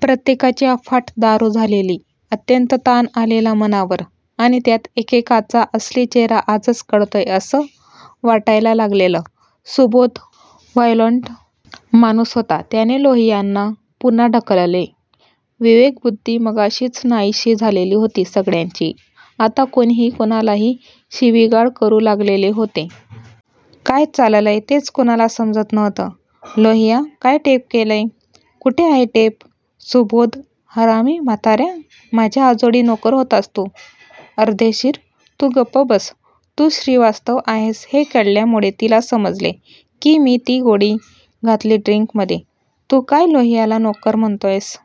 प्रत्येकाची अफाट दारू झालेली. अत्यंत ताण आलेला मनावर! आणि त्यात एकेकाचा असली चेहरा आजच कळतोय असं वाटायला लागलेलं! सुबोध व्हायोलन्ट माणूस होता. त्याने लोहियांना पुन्हा ढकलले. विवेकबुद्धी मगाशीच नाहीशी झालेली होती सगळ्यांची आता कुणीही कुणालाही शिवीगाळ करू लागलेले होते. काय चाललंय तेच कुणाला समजत नव्हतं! लोहिया काय टेप केलंय? कुठे आहे टेप? सुबोध हरामी म्हातार्या. माझ्या आजोळी नोकर होतास तू, अर्देशीर तू गप्प बस, तू श्रीवास्तव आहेस हे कळल्यामुळे तिला समजले की मी ती गोळी घातली ड्रिन्कमध्ये तू काय लोहियाला नोकर म्हणतोयस.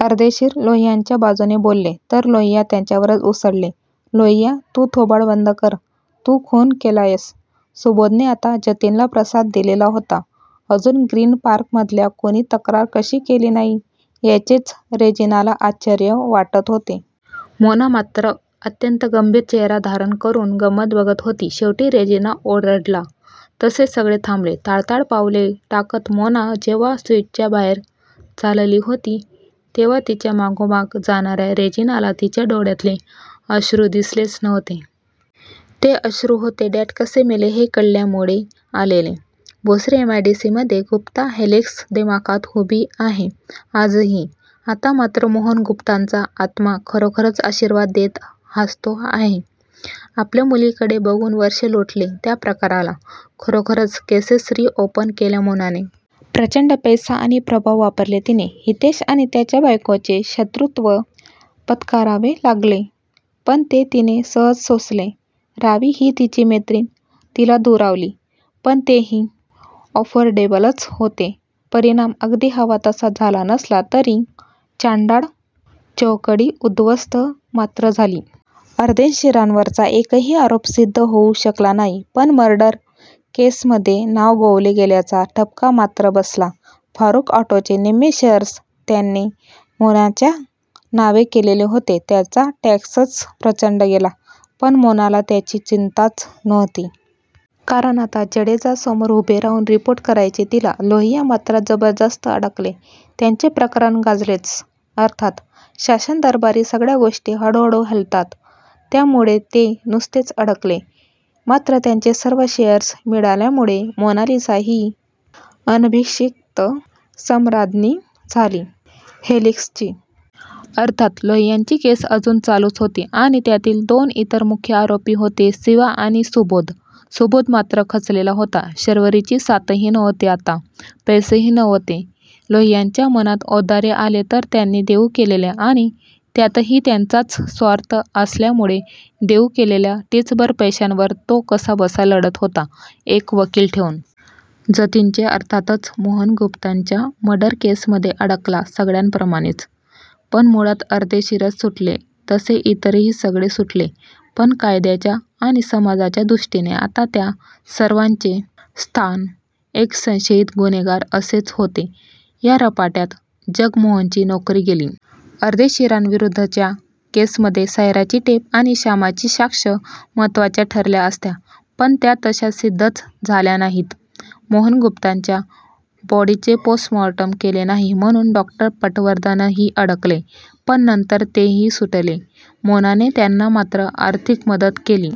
अर्देशीर लोहियांच्या बाजूने बोलले तर लोहिया त्यांच्यावरच उसळले, लोहिया तू थोबाड बंद कर तू खून केलायस, सुबोधने आता जतीनला प्रसाद दिलेला होता. अजून ग्रीन पार्कमधल्या कुणी तक्रार कशी केली नाही याचेच रेजिनाला आश्चर्य वाटत होते. मोना मात्र अत्यंत गंभीर चेहरा धारण करून गंमत बघत होती. शेवटी रेजिना ओरडला तसे सगळे थांबले.. ताडताड पावले टाकत मोना जेव्हा स्विटच्या बाहेर चालली होती तेव्हा तिच्या मागोमाग जाणार्या रेजिनाला तिच्या डोळ्यातले अश्रू दिसलेच नव्हते. ते अश्रू होते डॅड कसे मेले हे कळल्यामुळे आलेले. Bhosari M I D C मध्ये गुप्ता हेलिक्स दिमाखात उभी आहे. आजही, आता मात्र मोहन गुप्तांचा आत्मा खरोखरच आशीर्वाद देत हासतो आहे आपल्या मुलीकडे बघून वर्ष लोटले त्या प्रकाराला, खरोखरच केसेस री ओपन केल्या मोनाने! प्रचंड पैसा आणि प्रभाव वापरले तिने, हितेश आणि त्याच्याबायकोचे शत्रूत्व पत्करावे लागले. पण ते तिने सहज सोसले. रावी ही तिची मैत्रीण तिला दुरावली. पण तेही अॅफोर्डेबलच होते. परिणाम अगदी हवा तसा झाला नसला तरी चांडाळ चौकडी उद्ध्वस्त मात्र झाली. अर्देशीरांवरचा एकही आरोप सिद्ध होऊ शकला नाही. पण मर्डर केसमध्ये नाव गोवले गेल्याचा ठपका मात्र बसला. फारुख ऑटोचे निम्मे शेअर्स त्यांनी मोनाच्या नावे केलेले होते.. त्याचा टॅक्सच प्रचंड गेला.. पण मोनाला त्याची चिंताच नव्हती. कारण आता जडेजा समोर उभे राहून रिपोर्ट करायचे तिला.. लोहिया मात्र जबरदस्त अडकले. त्यांचे प्रकरण गाजलेच. अर्थात. शासनदरबारी सगळ्या गोष्टी हळूहळू हालतात. त्यामुळे ते नुसतेच अडकले. मात्र त्यांचे सर्व शेअर्स मिळाल्यामुळे मोनालिसा ही अनभिषिक्त सम्राज्ञी झाली हेलिक्सची. अर्थात, लोहियांची केस अजून चालूच होती.आणि त्यातील दोन इतर मुख्य आरोपी होते सिवा आणि सुबोध-सुबोध मात्र खचलेला होता. शर्वरीची साथही नव्हती आता. पैसेही नव्हते. लोहियांच्या मनात औदार्य आले तर त्यांनी देऊ केलेल्या आणि त्यातही त्यांचाच स्वार्थ असल्यामुळे देऊ केलेल्या टिचभर पैशांवर तो कसाबसा लढत होता एक वकील ठेवून.. जतीनचे अर्थातच मोहन गुप्तांच्या मर्डर केसमध्ये अडकला सगळ्यांप्रमाणेच, पण मुळात अर्देशीरच सुटले तसे इतरही सगळे सुटले. पण कायद्याच्या आणि समाजाच्या दृष्टीने आता त्या सर्वांचे स्थान एक संशयीत गुन्हेगार असेच होते. या रपाट्यात जगमोहनची नोकरी गेली.. अर्देशीरांविरुद्धच्या केसमध्ये सायराची टेप आणि शामाची साक्ष महत्वाच्या ठरल्या असत्या.. पण त्या तशा सिद्धच झाल्या नाहीत.. मोहन गुप्तांच्या बॉडीचे पोस्ट मॉर्टेम केले नाही म्हणून डॉ. पटवर्धनही अडकले, पण नंतर तेही सुटले. मोनाने त्यांना मात्र आर्थिक मदत केली.